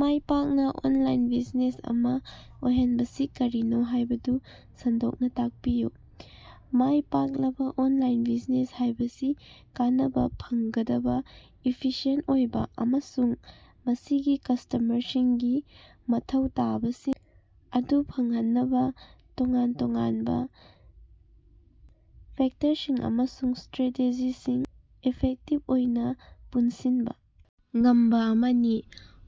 ꯃꯥꯏꯄꯥꯛꯅꯥ online business ꯑꯃꯥ ꯑꯣꯏꯍꯟꯕꯁꯤ ꯀꯔꯤꯅꯣ ꯍꯥꯏꯕꯗꯨ ꯁꯟꯗꯣꯛꯅꯥ ꯇꯥꯛꯄꯤꯌꯨ꯫ ꯃꯥꯏ ꯄꯥꯛꯂꯕꯥ ꯑꯣꯟꯂꯥꯏꯟ ꯕꯤꯖꯤꯅꯦꯁ ꯍꯥꯏꯕꯁꯤ ꯀꯥꯟꯅꯕꯥ ꯐꯪꯒꯗꯕꯥ, ꯏꯐꯤꯁꯤꯌꯦꯟꯇ ꯑꯣꯏꯕꯥ ꯑꯃꯁꯨꯡ ꯃꯁꯤꯒꯤ ꯀꯁꯇꯃꯔꯁꯤꯡꯒꯤ ꯃꯊꯧ ꯇꯥꯕꯁꯤꯡ ꯑꯗꯨ ꯐꯪꯍꯟꯅꯕꯥ ꯇꯣꯉꯥꯟ ꯇꯣꯉꯥꯟꯕꯥ ꯐꯦꯛꯇꯔꯁꯤꯡ ꯑꯃꯁꯨꯡ ꯢꯁꯇ꯭ꯔꯦꯇꯦꯖꯤꯁꯤꯡ ꯏꯐꯦꯛꯇꯤꯕ ꯑꯣꯏꯅꯥ ꯄꯨꯟꯁꯤꯟꯕꯥ ꯉꯝꯕꯥ ꯑꯃꯅꯤ꯫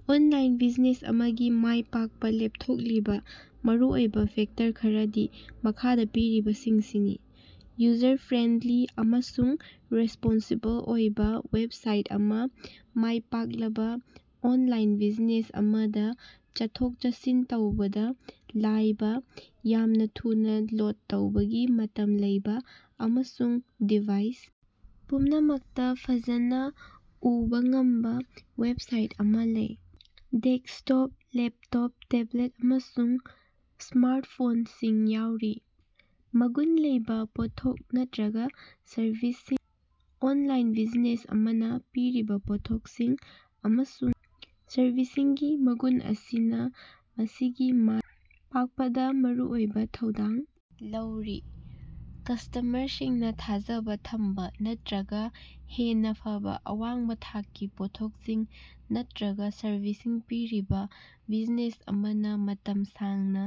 ꯑꯣꯟꯂꯥꯏꯟ ꯕꯤꯖꯤꯅꯦꯁ ꯑꯃꯒꯤ ꯃꯥꯏꯄꯥꯛꯄꯥ ꯂꯦꯞꯊꯣꯛꯂꯤꯕꯥ ꯃꯔꯨꯑꯣꯏꯕꯥ ꯐꯦꯛꯇꯔ ꯈꯔꯗꯤ ꯃꯈꯥꯗꯥ ꯄꯤꯔꯤꯕꯁꯤꯡꯁꯤꯅꯤ: ꯌꯨꯖꯔ-ꯐ꯭ꯔꯦꯟꯂꯤ ꯑꯃꯁꯨꯡ ꯔꯦꯁꯄꯣꯟꯁꯤꯕꯜ ꯑꯣꯏꯕꯥ ꯋꯦꯞꯁꯥꯏꯠ ꯑꯃ ꯃꯥꯏꯄꯥꯛꯂꯕꯥ ꯑꯣꯟꯂꯥꯏꯟ ꯕꯤꯖꯤꯅꯦꯁ ꯑꯃꯗꯥ ꯆꯠꯊꯣꯛ-ꯆꯠꯁꯤꯟ ꯇꯧꯕꯗꯥ ꯂꯥꯏꯕꯥ, ꯌꯥꯝꯅꯥ ꯊꯨꯅꯥ ꯂꯣꯠ ꯇꯧꯕꯒꯤ ꯃꯇꯝ ꯂꯩꯕꯥ ꯑꯃꯁꯨꯡ ꯗꯤꯚꯥꯏꯁ ꯄꯨꯝꯅꯃꯛꯇꯥ ꯐꯖꯅꯥ ꯎꯕꯥ ꯉꯝꯕꯥ ꯋꯦꯞꯁꯥꯏꯠ ꯑꯃꯥ ꯂꯩ꯫ ꯗꯦꯛꯁꯇꯣꯞ, ꯂꯦꯞꯇꯣꯞ, ꯇꯦꯕꯜ ꯑꯃꯁꯨꯡ ꯁ꯭ꯃꯥꯔꯠ ꯐꯣꯟꯁꯤꯡ ꯌꯥꯎꯔꯤ꯫ ꯃꯒꯨꯟ ꯂꯩꯕꯥ ꯄꯣꯠꯊꯣꯛ ꯅꯠꯇ꯭ꯔꯒꯥ ꯁꯔꯚꯤꯁꯁꯤꯡ: ꯑꯣꯟꯂꯥꯏꯟ ꯕꯤꯖꯤꯅꯦꯁ ꯑꯃꯅꯥ ꯄꯤꯔꯤꯕꯥ ꯄꯣꯠꯊꯣꯛꯁꯤꯡ ꯑꯃꯁꯨꯡ ꯁꯔꯚꯤꯁꯁꯤꯡꯒꯤ ꯃꯒꯨꯟ ꯑꯁꯤꯅꯥ ꯃꯁꯤꯒꯤ ꯃꯥꯏ ꯄꯥꯛꯄꯗꯥ ꯃꯔꯨꯑꯣꯏꯕꯥ ꯊꯧꯗꯥꯡ ꯂꯧꯔꯤ꯫ ꯀꯁꯇ꯭ꯃꯔꯁꯤꯡꯅꯥ ꯊꯥꯖꯕꯥ ꯊꯝꯕꯥ ꯅꯠꯇ꯭ꯔꯒꯥ ꯍꯦꯟꯅꯥ ꯐꯕꯥ ꯑꯋꯥꯡꯕꯥ ꯊꯥꯛꯀꯤ ꯄꯣꯠꯊꯣꯛꯁꯤꯡ ꯅꯠꯇ꯭ꯔꯒꯥ ꯁꯔꯚꯤꯁꯁꯤꯡ ꯄꯤꯔꯤꯕꯥ ꯕꯤꯖꯤꯅꯦꯁ ꯑꯃꯅꯥ ꯃꯇꯝ ꯁꯥꯡꯅꯥ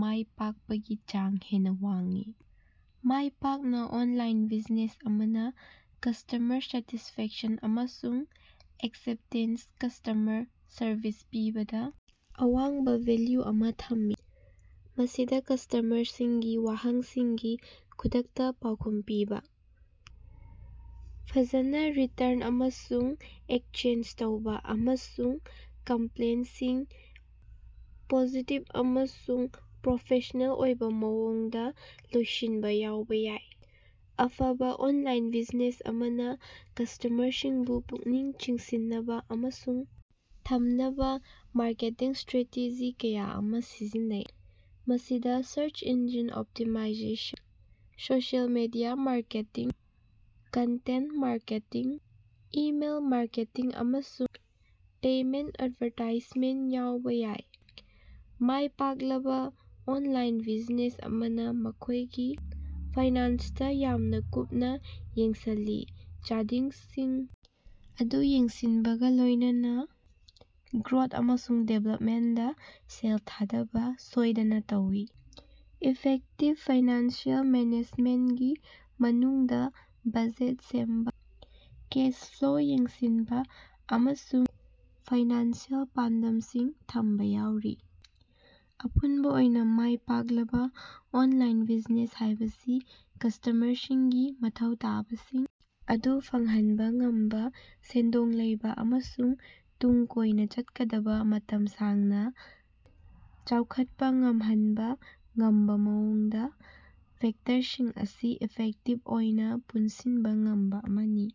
ꯃꯥꯏ ꯄꯥꯛꯄꯒꯤ ꯆꯥꯡ ꯍꯦꯟꯅꯥ ꯋꯥꯡꯏ꯫ ꯃꯥꯏꯄꯥꯛꯅꯥ ꯑꯣꯟꯂꯥꯏꯟ ꯕꯤꯖꯤꯅꯦꯁ ꯑꯃꯅꯥ ꯀꯁꯇꯃꯔ ꯁꯦꯇꯤꯁꯐꯦꯛꯁꯟ ꯑꯃꯁꯨꯡ ꯑꯦꯛꯁꯦꯞꯇꯦꯟꯁ ꯀꯁꯇ꯭ꯃꯔ ꯁꯔꯚꯤꯁ ꯄꯤꯕꯗꯥ ꯑꯋꯥꯡꯕꯥ ꯚꯦꯜꯂꯨ ꯑꯃꯥ ꯊꯝꯃꯤ꯫ ꯃꯁꯤꯗꯥ ꯀꯁꯇ꯭ꯃꯔꯁꯤꯡꯒꯤ ꯋꯥꯍꯪꯁꯤꯡꯒꯤ ꯈꯨꯗꯛꯇꯥ ꯄꯥꯎꯈꯨꯝ ꯄꯤꯕꯥ, ꯐꯖꯅꯥ ꯔꯤꯇ꯭ꯔꯟ ꯑꯃꯁꯨꯡ ꯑꯦꯛꯁꯆꯦꯟꯖ ꯇꯧꯕꯥ ꯑꯃꯁꯨꯡ ꯀꯝꯄ꯭ꯂꯦꯟꯁꯤꯡ ꯄꯣꯖꯤꯇꯤꯚ ꯑꯃꯁꯨꯡ ꯄ꯭ꯔꯣꯐꯦꯁꯅꯦꯜ ꯑꯣꯏꯕꯥ ꯃꯑꯣꯡꯗꯥ ꯂꯣꯏꯁꯤꯟꯕꯥ ꯌꯥꯎꯕꯥ ꯌꯥꯏ꯫ ꯑꯐꯕꯥ ꯑꯣꯟꯂꯥꯏꯟ ꯕꯤꯖꯤꯅꯦꯁ ꯑꯃꯅꯥ ꯀꯁꯇꯃꯔꯁꯤꯡꯕꯨ ꯄꯨꯛꯅꯤꯡ ꯆꯤꯡꯁꯤꯟꯅꯕꯥ ꯑꯃꯁꯨꯡ ꯊꯝꯅꯕꯥ ꯃꯥꯔꯀꯦꯇꯤꯡ ꯏꯁꯇ꯭ꯔꯦꯇꯦꯖꯤ ꯀꯌꯥ ꯑꯃꯥ ꯁꯤꯖꯤꯟꯅꯩ꯫ ꯃꯁꯤꯗꯥ search engine optimisation, social media marketing, content marketing, email marketing ꯑꯃꯁꯨꯡ ꯄꯦꯃꯦꯟꯇ ꯑꯦꯠꯚꯥꯔꯇꯥꯏꯖꯃꯦꯟ ꯌꯥꯎꯕꯥ ꯌꯥꯏ꯫ ꯃꯥꯏ ꯄꯥꯛꯂꯕꯥ ꯑꯣꯟꯂꯥꯏꯟ ꯕꯤꯖꯤꯅꯦꯁ ꯑꯃꯅꯥ ꯃꯈꯣꯏꯒꯤ ꯐꯥꯏꯅꯥꯟꯁꯇꯥ ꯌꯥꯝꯅꯥ ꯀꯨꯞꯅꯥ ꯌꯦꯡꯁꯤꯜꯂꯤ, ꯆꯥꯗꯤꯡꯁꯤꯡ ꯑꯗꯨ ꯌꯦꯡꯁꯤꯟꯕꯒꯥ ꯂꯣꯏꯅꯅꯥ ꯒ꯭ꯔꯣꯠ ꯑꯃꯁꯨꯡ ꯗꯤꯕ꯭ꯂꯞꯃꯦꯟꯗꯥ ꯁꯦꯜ ꯊꯥꯗꯕꯥ ꯁꯣꯏꯗꯅꯥ ꯇꯧꯏ꯫ ꯏꯐꯦꯛꯇꯤꯞ ꯐꯥꯏꯅꯥꯟꯁꯤꯑꯦꯜ ꯃꯦꯅꯦꯖꯃꯦꯟꯀꯤ ꯃꯅꯨꯡꯗꯥ ꯕꯖꯦꯠ ꯁꯦꯝꯕꯥ, ꯀꯦꯁ ꯐ꯭ꯂꯣ ꯌꯦꯡꯁꯤꯟꯕꯥ ꯑꯃꯁꯨꯡ ꯐꯥꯏꯅꯥꯟꯁꯤꯑꯦꯜ ꯄꯥꯟꯗꯝꯁꯤꯡ ꯊꯝꯕꯥ ꯌꯥꯎꯔꯤ꯫ ꯑꯄꯨꯟꯕꯥ ꯑꯣꯏꯅꯥ, ꯃꯥꯏꯄꯥꯛꯂꯕꯥ ꯑꯣꯟꯂꯥꯏꯟ ꯕꯤꯖꯤꯅꯦꯁ ꯍꯥꯏꯕꯁꯤ ꯀꯁꯇꯃꯔꯁꯤꯡꯒꯤ ꯃꯊꯧ ꯇꯥꯕꯁꯤꯡ ꯑꯗꯨ ꯐꯪꯍꯟꯕꯥ ꯉꯝꯕꯥ, ꯁꯦꯟꯗꯣꯡ ꯂꯩꯕꯥ ꯑꯃꯁꯨꯡ ꯇꯨꯡ ꯀꯣꯏꯅꯥ ꯆꯠꯀꯗꯕꯥ ꯃꯇꯝ ꯁꯥꯡꯅꯥ ꯆꯥꯎꯈꯠꯄꯥ ꯉꯝꯍꯟꯕꯥ ꯉꯝꯕꯥ ꯃꯑꯣꯡꯗꯥ ꯐꯦꯛꯇꯔꯁꯤꯡ ꯑꯁꯤ ꯏꯐꯦꯛꯇꯤꯕ ꯑꯣꯏꯅꯥ ꯄꯨꯟꯁꯤꯟꯕꯥ ꯉꯝꯕꯥ ꯑꯃꯅꯤ꯫